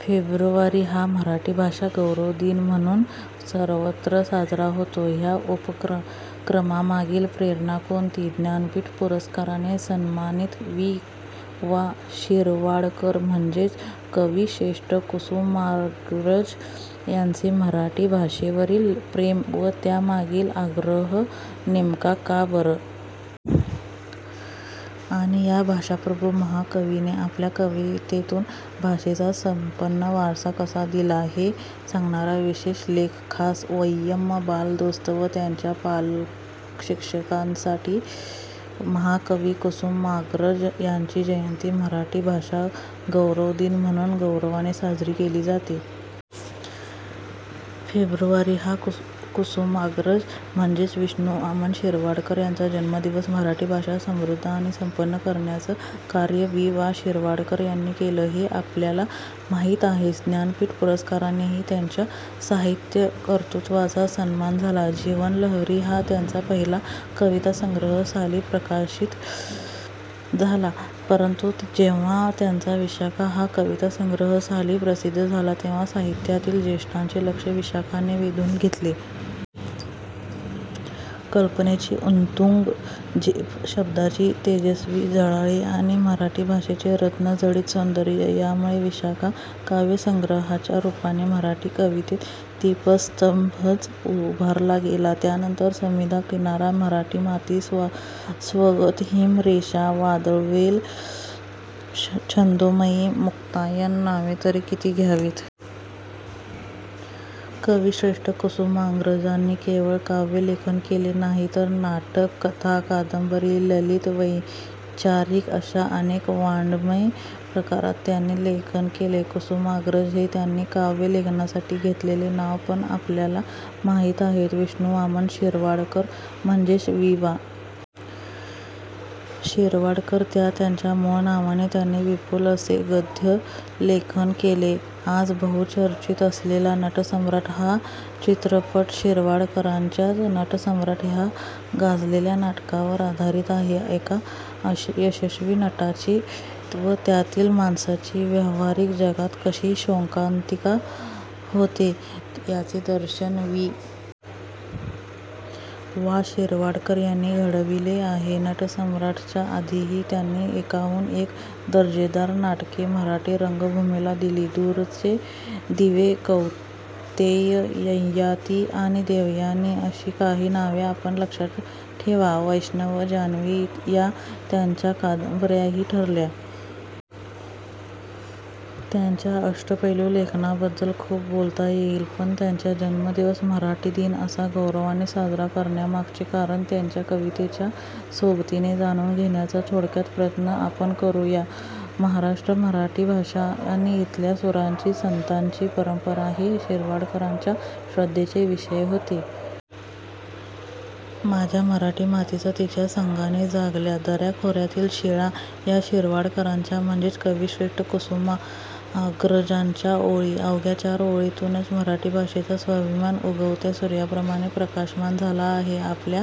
February हा मराठी भाषा गौरव दिन म्हणून सर्वत्र साजरा होतो. ह्या उपक्रमामागील प्रेरणा कोणती? ज्ञानपीठ पुरस्काराने सन्मानित वि. वा. शिरवाडकर म्हणजेच कविश्रेष्ठ कुसुमाग्रज यांचे मराठी भाषेवरील प्रेम व त्या मागील आग्रह नेमका का बरं? आणि या भाषाप्रभू महाकवीने आपल्या कवितेतून भाषेचा संपन्न वारसा कसा दिला? हे सांगणारा विशेष लेख, खास 'वयम्' बालदोस्त व त्यांच्या पालक-शिक्षकांसाठी... महाकवी कुसुमाग्रज यांची जयंती मराठी भाषा गौरव दिन म्हणून गौरवाने साजरी केली जाते. फेब्रुवारी हा कुसुमाग्रज म्हणजेच विष्णू वामन शिरवाडकर यांचा जन्मदिवस. मराठी भाषा समृद्ध आणि संपन्न करण्याचं कार्य वि. वा. शिरवाडकर यांनी केलं, हे आपल्याला माहीत आहेच. ज्ञानपीठ पुरस्कारानेही त्यांच्या साहित्य कर्तृत्वाचा सन्मान झाला. 'जीवनलहरी' हा त्यांचा पहिला कवितासंग्रह साली प्रकाशित झाला, परंतु जेव्हा त्यांचा 'विशाखा' हा कवितासंग्रह साली प्रसिद्ध झाला, तेव्हा साहित्यातील ज्येष्ठांचे लक्ष्य 'विशाखा'ने वेधून घेतले. कल्पनेची उत्तुंग झेप, शब्दांची तेजस्वी झळाळी आणि मराठी भाषेचे रत्नजडित सौंदर्य यामुळे 'विशाखा' काव्यसंग्रहाच्या रूपाने मराठी कवितेत दीपस्तंभच उभारला गेला. त्यानंतर समिधा, किनारा, मराठी माती, स्वगत, हिमरेषा वादळवेल, छंदोमयी, मुक्तायन.. नावे तरी किती घ्यावीत! कविश्रेष्ठ कुसुमाग्रजांनी केवळ काव्यलेखन केले नाही, तर नाटक, कथा-कादंबरी, ललित-वैचारिक अशा अनेक वाङ्मय प्रकारांत त्यांनी लेखन केले. कुसुमाग्रज हे त्यांनी काव्यलेखनासाठी घेतलेले नाव, पण आपल्याला माहीत आहेत विष्णू वामन शिरवाडकर म्हणजेच वि. वा. शिरवाडकर. या त्यांच्या मूळ नावाने त्यांनी विपुल असे गद्यलेखन केले. आज बहुचर्चित असलेला 'नटसम्राट' हा चित्रपट शिरवाडकरांच्याच 'नटसम्राट' ह्या गाजलेल्या नाटकावर आधारित आहे. एका यशस्वी नटाची व त्यातील माणसाची व्यवहारिक जगात कशी शोकांतिका होते याचे दर्शन वि. वा. शिरवाडकर यांनी घडविले आहे. 'नटसम्राट'च्या आधीही त्यांनी एकाहून एक दर्जेदार नाटके मराठी रंगभूमीला दिली. दूरचे दिवे, कौंतेय, ययाती आणि देवयानी- अशी काही नावे आपण लक्षात ठेवा. 'वैष्णव', 'जान्हवी' या त्यांच्या कादंब:याही ठरल्या. त्यांच्या अष्टपैलू लेखनाबद्दल खूप बोलता येईल; पण त्यांचा जन्मदिवस 'मराठी दिन' असा गौरवाने साजरा करण्यामागचे कारण, त्यांच्या कवितेच्या सोबतीने जाणून घेण्याचा थोडक्यात प्रयत्न आपण करूया. महाराष्ट्र, मराठी भाषा आणि इथल्या सुरांची, संतांची परंपरा हे शिरवाडकरांच्या श्रद्धेचे विषय होते. माझ्या मराठी मातीचा तिच्या संगाने जागल्या दऱ्याखोऱ्यातील शिळा या शिरवाडकरांच्या म्हणजेच कविश्रेष्ठ कुसुमाग्रजांच्या ओळी! अवघ्या चार ओळींतूनच मराठी भाषेचा स्वाभिमान उगवत्या सूर्याप्रमाणे प्रकाशमान झाला आहे. आपला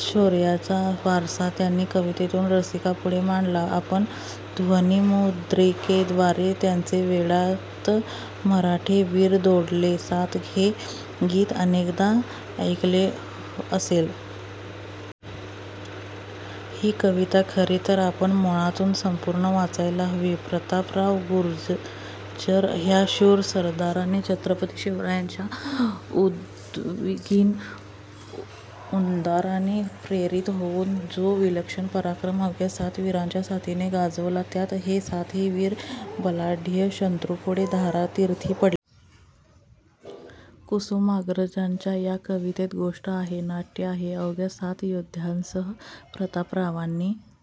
शौर्याचा वारसा त्यांनी कवितेतून रसिकांपुढे मांडला. आपण ध्वनिमुद्रिकेद्वारे त्यांचे 'वेडात मराठे वीर दौडले सात' हे गीत अनेकदा ऐकले असेल. ही कविता खरे तर आपण मूळातून संपूर्ण वाचायला हवी. प्रतापराव गुर्जर ह्या शूर सरदाराने छत्रपती शिवरायांच्या उद्विग्न उद्गाराने प्रेरित होऊन जो विलक्षण पराक्रम अवघ्या सात वीरांच्या साथीने गाजवला; त्यात हे सातही वीर बलाढ्य शत्रूपुढे धारातीर्थी पडले. कुसुमाग्रजांच्या या कवितेत गोष्ट आहे, नाट्य आहे. अवघ्या सात योद्ध्यांसह प्रतापरावांनी